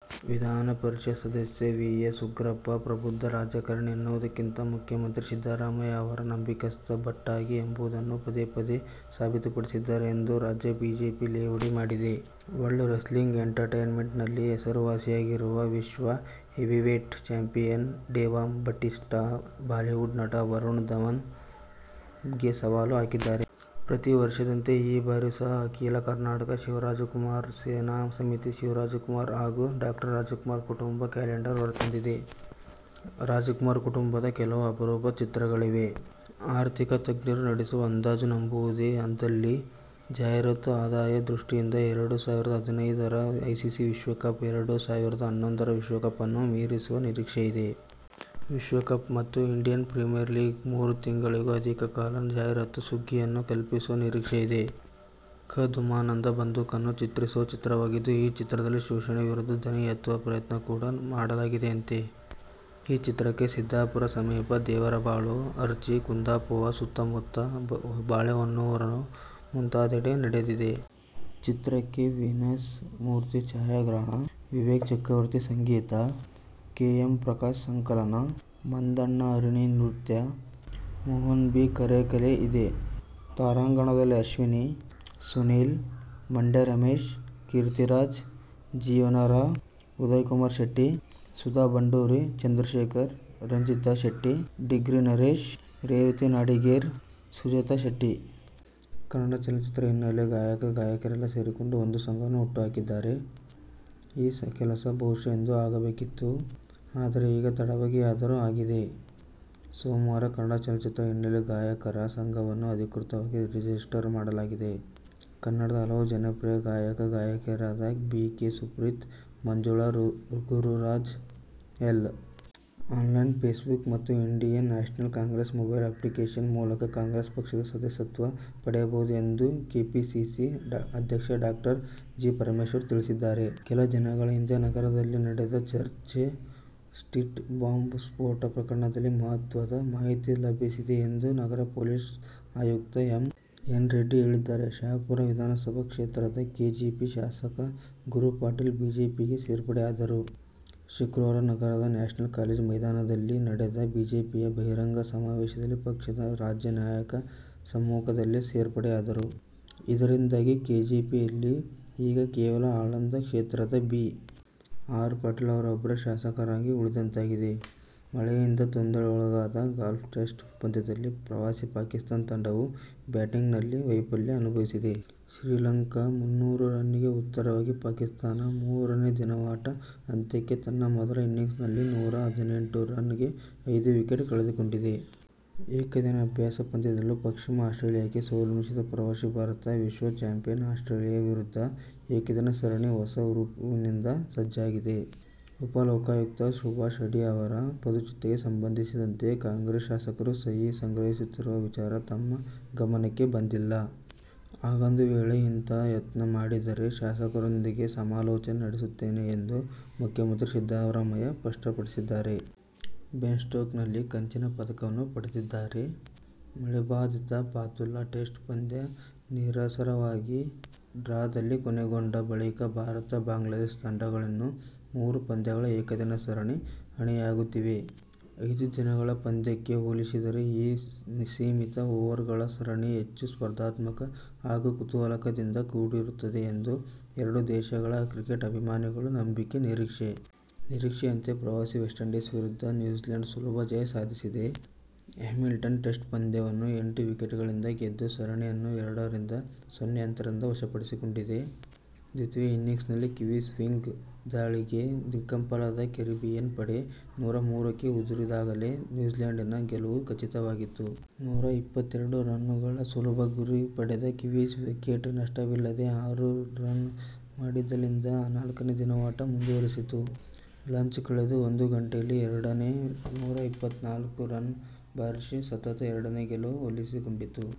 ವಿಧಾನಪರಿಷತ್ ಸದಸ್ಯ V. S. Ugrappa ಪ್ರಬುದ್ಧ ರಾಜಕಾರಣಿ ಎನ್ನುವುದಕ್ಕಿಂತ ಮುಖ್ಯಮಂತ್ರಿ ಸಿದ್ದರಾಮಯ್ಯ ಅವರ ನಂಬಿಕಸ್ತ ಭಟ್ಟಂಗಿ ಎಂಬುದನ್ನು ಪದೇಪದೇ ಸಾಬೀತುಪಡಿಸುತ್ತಿದ್ದಾರೆ ಎಂದು ರಾಜ್ಯ ಬಿಜೆಪಿ ಲೇವಡಿ ಮಾಡಿದೆ. ವರ್ಲ್ಡ್ ರೆಸ್ಲಿಂಗ್ ಎಂಟರ್ಟೇನ್ಮೆಂಟ್ನಲ್ಲಿ ಹೆಸರುವಾಸಿಯಾಗಿರುವ ವಿಶ್ವ heavyweight champion Dave Bautista Bollywood ನಟ ವರುಣ್ ಧವನ್ ಗೆ ಸವಾಲು ಹಾಕಿದ್ದಾರೆ. ಪ್ರತಿ ವರ್ಷದಂತೆ ಈ ಬಾರಿ ಸಹ ಅಖಿಲ ಕರ್ನಾಟಕ ಶಿವರಾಜಕುಮಾರ್ ಸೇನಾ ಸಮಿತಿಯು ಶಿವರಾಜಕುಮಾರ್ ಹಾಗೂ ಡಾ. ರಾಜಕುಮಾರ್ ಕುಟುಂಬದ ಕ್ಯಾಲೆಂಡರ್ ಹೊರತಂದಿದೆ. ರಾಜಕುಮಾರ್ ಕುಟುಂಬದ ಕೆಲವು ಅಪರೂಪ ಚಿತ್ರಗಳಿವೆ. ಆರ್ಥಿಕ ತಜ್ಞರು ನಡೆಸಿರುವ ಅಂದಾಜನ್ನು ನಂಬುವುದೇ ಆದಲ್ಲಿ ಜಾಹೀರಾತು ಆದಾಯ ದೃಷ್ಟಿಯಿಂದ ಎರಡು ಸಾವಿರದ ಹದಿನೈದರ ಐಸಿಸಿ ವಿಶ್ವಕಪ್ ಎರಡು ಸಾವಿರದ ಹನ್ನೊಂದರ ವಿಶ್ವಕಪ್ ಅನ್ನು ಮೀರಿಸುವ ನಿರೀಕ್ಷೆಯಿದೆ. ವಿಶ್ವಕಪ್ ಮತ್ತು ಇಂಡಿಯನ್ ಪ್ರೀಮಿಯರ್ ಲೀಗ್ ಮೂರು ತಿಂಗಳಿಗೂ ಅಧಿಕ ಕಾಲ ಜಾಹೀರಾತು ಸುಗ್ಗಿಯನ್ನು ಕಲ್ಪಿಸುವ ನಿರೀಕ್ಷೆಯಿದೆ. ಖ -ದುಮ್ಮಾನದ ಬದುಕನ್ನು ಚಿತ್ರಿಸುವ ಚಿತ್ರವಾಗಿದ್ದು, ಈ ಚಿತ್ರದಲ್ಲಿ ಶೋಷಣೆ ವಿರುದ್ಧ ದನಿ ಎತ್ತುವ ಪ್ರಯತ್ನ ಕೂಡಾ ಮಾಡಲಾಗಿದೆಯಂತೆ. ಈ ಚಿತ್ರಕ್ಕೆ ಸಿದ್ಧಾಪುರ ಸಮೀಪ ದೇವರಬಾಳು, ಅಜ್ರಿ, ಕುಂದಾಪುವ ಸುತ್ತಮುತ್ತ ಬಾಳೆಹೊನ್ನುರು ಮುಂತಾದೆಡೆ ನಡೆದಿದೆ. ಚಿತ್ರಕ್ಕೆ ವೀನಸ್ ಮೂರ್ತಿ ಛಾಯಾಗ್ರಹಣ, ವಿವೇಕ್ ಚಕ್ರವರ್ತಿ ಸಂಗೀತ, ಕೆ. ಎಂ. ಪ್ರಕಾಶ್ ಸಂಕಲನ, ಮದನ್ ಹರಿಣಿ ನೃತ್ಯ, ಮೋಹನ್ ಬಿ ಕೆರೆ ಕಲೆ ಇದೆ. ತಾರಾಗಣದಲ್ಲಿ ಅಶ್ವಿತಾ, ಸುನಿಲ್, ಮಂಡ್ಯ ರಮೇಶ್, ಕೀರ್ತಿರಾಜ್, ಜೀವನ್ ರಾಂ, ಉದಯ್ ಕುಮಾರ್ ಶೆಟ್ಟಿ, ಸುಧಾ ಬಂಡೂರು, ಚಂದ್ರಶೇಖರ್, ರಂಜಿತಾ ಶೆಟ್ಟಿ, ಡಿಂಗ್ರಿ ನರೇಶ್, ರೇವತಿ ನಾಡಿಗೇರ್, ಸುಜಾತಾ ಶೆಟ್ಟಿ. ಕನ್ನಡ ಚಲನಚಿತ್ರ ಹಿನ್ನೆಲೆ ಗಾಯಕ-ಗಾಯಕಿಯರೆಲ್ಲಾ ಸೇರಿಕೊಂಡು ಒಂದು ಸಂಘ ಹುಟ್ಟುಹಾಕಿದ್ದಾರೆ. ಈ ಕೆಲಸ ಬಹುಶಃ ಎಂದೋ ಆಗಬೇಕಿತ್ತು. ಆದರೆ, ಈಗ ತಡವಾಗಿಯಾದರೂ ಆಗಿದೆ. ಸೋಮವಾರ ಕನ್ನಡ ಚಲನಚಿತ್ರ ಹಿನ್ನೆಲೆ ಗಾಯಕರ ಸಂಘವನ್ನು ಅಧಿಕೃತವಾಗಿ ರಿಜಿಸ್ಟರ್ ಮಾಡಿಸಲಾಗಿದೆ. ಕನ್ನಡದ ಹಲವು ಜನಪ್ರಿಯ ಗಾಯಕ-ಗಾಯಕಿಯರಾದ B. K. Sumithra, Manjula Gururaj, L. Online, Facebook ಮತ್ತು Indian National Congress mobile application ಮೂಲಕವೂ ಕಾಂಗ್ರೆಸ್ ಪಕ್ಷದ ಸದಸ್ಯತ್ವ ಪಡೆಯಬಹುದು ಎಂದು ಕೆಪಿಸಿಸಿ ಅಧ್ಯಕ್ಷ ಡಾ ಜಿ. ಪರಮೇಶ್ವರ್ ತಿಳಿಸಿದ್ದಾರೆ. ಕೆಲ ದಿನಗಳ ಹಿಂದೆ ನಗರದಲ್ಲಿ ನಡೆದಿದ್ದ ಚರ್ಚ್ ಸ್ಟ್ರೀಟ್ ಬಾಂಬ್ ಸ್ಫೋಟ ಪ್ರಕರಣದಲ್ಲಿ ಮಹತ್ವದ ಮಾಹಿತಿ ಲಭಿಸಿದೆ ಎಂದು ನಗರ ಪೊಲೀಸ್ ಆಯುಕ್ತ ಎಂ. ಎನ್. ರೆಡ್ಡಿ ಹೇಳಿದ್ದಾರೆ. ಶಹಾಪುರ ವಿಧಾನಸಭಾ ಕ್ಷೇತ್ರದ ಕೆಜೆಪಿ ಶಾಸಕ ಗುರು ಪಾಟೀಲ್ ಬಿಜೆಪಿಗೆ ಸೇರ್ಪಡೆಗೊಂಡಿದ್ದಾರೆ. ಶುಕ್ರವಾರ ನಗರದ ನ್ಯಾಷನಲ್ ಕಾಲೇಜು ಮೈದಾನದಲ್ಲಿ ನಡೆದ ಬಿಜೆಪಿಯ ಬಹಿರಂಗ ಸಮಾವೇಶದಲ್ಲಿ ಪಕ್ಷದ ರಾಜ್ಯ ನಾಯಕರ ಸಮ್ಮುಖದಲ್ಲಿ ಸೇರ್ಪ ಡೆಯಾದರು. ಇದ ರಿಂದಾಗಿ ಕೆಜೆಪಿಯಲ್ಲಿ ಈಗ ಕೇವಲ ಆಳಂದ ಕ್ಷೇತ್ರದ ಬಿ. ಆರ್. ಪಾಟೀಲ ಅವರೊಬ್ಬರೇ ಶಾಸಕರಾಗಿ ಉಳಿದಂತಾಗಿದೆ. ಮಳೆಯಿಂದ ತೊಂದರೆಗೊಳಗಾದ ಗಾಲ್ ಟೆಸ್ಟ್ ಪಂದ್ಯದಲ್ಲಿ ಪ್ರವಾಸಿ ಪಾಕಿಸ್ಥಾನ ತಂಡವು ಬ್ಯಾಟಿಂಗ್ನಲ್ಲಿ ವೈಫಲ್ಯ ಅನುಭವಿಸಿದೆ. ಶ್ರೀಲಂಕಾದ ಮುನ್ನೂರು ರನ್ನಿಗೆ ಉತ್ತರವಾಗಿ ಪಾಕಿಸ್ಥಾನ ಮೂರನೇ ದಿನದಾಟದ ಅಂತ್ಯಕ್ಕೆ ತನ್ನ ಮೊದಲ ಇನ್ನಿಂಗ್ಸ್ನಲ್ಲಿ ನೂರಾ ಹದಿನೆಂಟು ರನ್ನಿಗೆ ಐದು ವಿಕೆಟ್ ಕಳೆದುಕೊಂಡಿದೆ. ಏಕದಿನ ಅಭ್ಯಾಸ ಪಂದ್ಯದಲ್ಲೂ ಪಶ್ಚಿಮ ಆಸ್ಟ್ರೇಲಿಯಕ್ಕೆ ಸೋಲುಣಿಸಿದ ಪ್ರವಾಸಿ ಭಾರತ, ವಿಶ್ವ ಚಾಂಪಿಯನ್ ಆಸ್ಟ್ರೇಲಿಯ ವಿರುದ್ಧದ ಏಕದಿನ ಸರಣಿಗೆ ಹೊಸ ಹುರುಪಿನಿಂದ ಸಜ್ಜಾಗಿದೆ. ಉಪಲೋಕಾಯುಕ್ತ ಸುಭಾಷ್ ಅಡಿ ಅವರ ಪದಚ್ಯುತಿಗೆ ಸಂಬಂಧಿಸಿದಂತೆ ಕಾಂಗ್ರೆಸ್ ಶಾಸಕರು ಸಹಿ ಸಂಗ್ರಹಿಸುತ್ತಿರುವ ವಿಚಾರ ತಮ್ಮ ಗಮನಕ್ಕೆ ಬಂದಿಲ್ಲ. ಹಾಗೊಂದು ವೇಳೆ ಇಂತಹ ಯತ್ನ ಮಾಡಿದರೆ ಶಾಸಕರೊಂದಿಗೆ ಸಮಾಲೋಚನೆ ನಡೆಸುತ್ತೇನೆ ಎಂದು ಮುಖ್ಯಮಂತ್ರಿ ಸಿದ್ದರಾಮಯ್ಯ ಸ್ಪಷ್ಟಪಡಿಸಿದ್ದಾರೆ. ಬ್ರೆಸ್ಟ್ ಸ್ಟ್ರೋಕ್ ನಲ್ಲಿ ಕಂಚಿನ ಪದಕವನ್ನು ಪಡೆದಿದ್ದಾರೆ. ಮಳೆಬಾಧಿತ ಫಾತುಲ್ಲಾ ಟೆಸ್ಟ್ ಪಂದ್ಯ ನೀರಸವಾಗಿ ಡ್ರಾದಲ್ಲಿ ಕೊನೆಗೊಂಡ ಬಳಿಕ ಭಾರತ-ಬಾಂಗ್ಲಾದೇಶ ತಂಡಗಳಿನ್ನು ಮೂರು ಪಂದ್ಯಗಳ ಏಕದಿನ ಸರಣಿಗೆ ಅಣಿಯಾಗುತ್ತಿವೆ. ಐದು ದಿನಗಳ ಪಂದ್ಯಕ್ಕೆ ಹೋಲಿಸಿದರೆ ಈ ಸೀಮಿತ ಓವರ್ಗಳ ಸರಣಿ ಹೆಚ್ಚು ಸ್ಪರ್ಧಾತ್ಮಕ ಹಾಗೂ ಕುತೂಹಲದಿಂದ ಕೂಡಿರುತ್ತದೆ ಎಂಬುದು ಎರಡೂ ದೇಶಗಳ ಕ್ರಿಕೆಟ್ ಅಭಿಮಾನಿಗಳ ನಂಬಿಕೆ, ನಿರೀಕ್ಷೆ. ನಿರೀಕ್ಷೆಯಂತೆ ಪ್ರವಾಸಿ ವೆಸ್ಟ್ ಇಂಡೀಸ್ ವಿರುದ್ಧ ನ್ಯೂಜೀಲ್ಯಾಂಡ್ ಸುಲಭ ಜಯ ಸಾಧಿಸಿದೆ. ಹ್ಯಾಮಿಲ್ಟನ್ ಟೆಸ್ಟ್ ಪಂದ್ಯವನ್ನು ಎಂಟು ವಿಕೆಟ್ಗಳಿಂದ ಗೆದ್ದು ಸರಣಿಯನ್ನು ಎರಡ ರಿಂದ ಸೊನ್ನೆ ಅಂತರದಿಂದ ವಶಪಡಿಸಿಕೊಂಡಿದೆ. ದ್ವಿತೀಯ ಇನ್ನಿಂಗ್ಸ್ನಲ್ಲಿ ಕಿವೀಸ್ ಸ್ವಿಂಗ್ ದಾಳಿಗೆ ದಿಕ್ಕಾಪಾಲಾದ ಕೆರಿಬಿಯನ್ ಪಡೆ ನೂರಮೂರಕ್ಕೆ ಉದುರಿದಾಗಲೇ ನ್ಯೂಜೀಲ್ಯಾಂಡಿನ ಗೆಲುವು ಖಚಿತವಾಗಿತ್ತು. ನೂರಾ ಇಪ್ಪತ್ತೆರಡು ರನ್ನುಗಳ ಸುಲಭ ಗುರಿ ಪಡೆದ ಕಿವೀಸ್ ವಿಕೆಟ್ ನಷ್ಟವಿಲ್ಲದೆ ಆರು ರನ್ ಮಾಡಿದಲ್ಲಿಂದ ನಾಲ್ಕನೇ ದಿನದಾಟ ಮುಂದುವರಿಸಿತ್ತು. ಲಂಚ್ ಕಳೆದು ಒಂದು ಗಂಟೆಯಲ್ಲಿ ಎರಡಕ್ಕೆ ನೂರಾ ಇಪ್ಪತ್ತ್ನಾಲ್ಕು ರನ್ ಬಾರಿಸಿ ಸತತ ಎರಡನೇ ಗೆಲುವು ಒಲಿಸಿಕೊಂಡಿತು.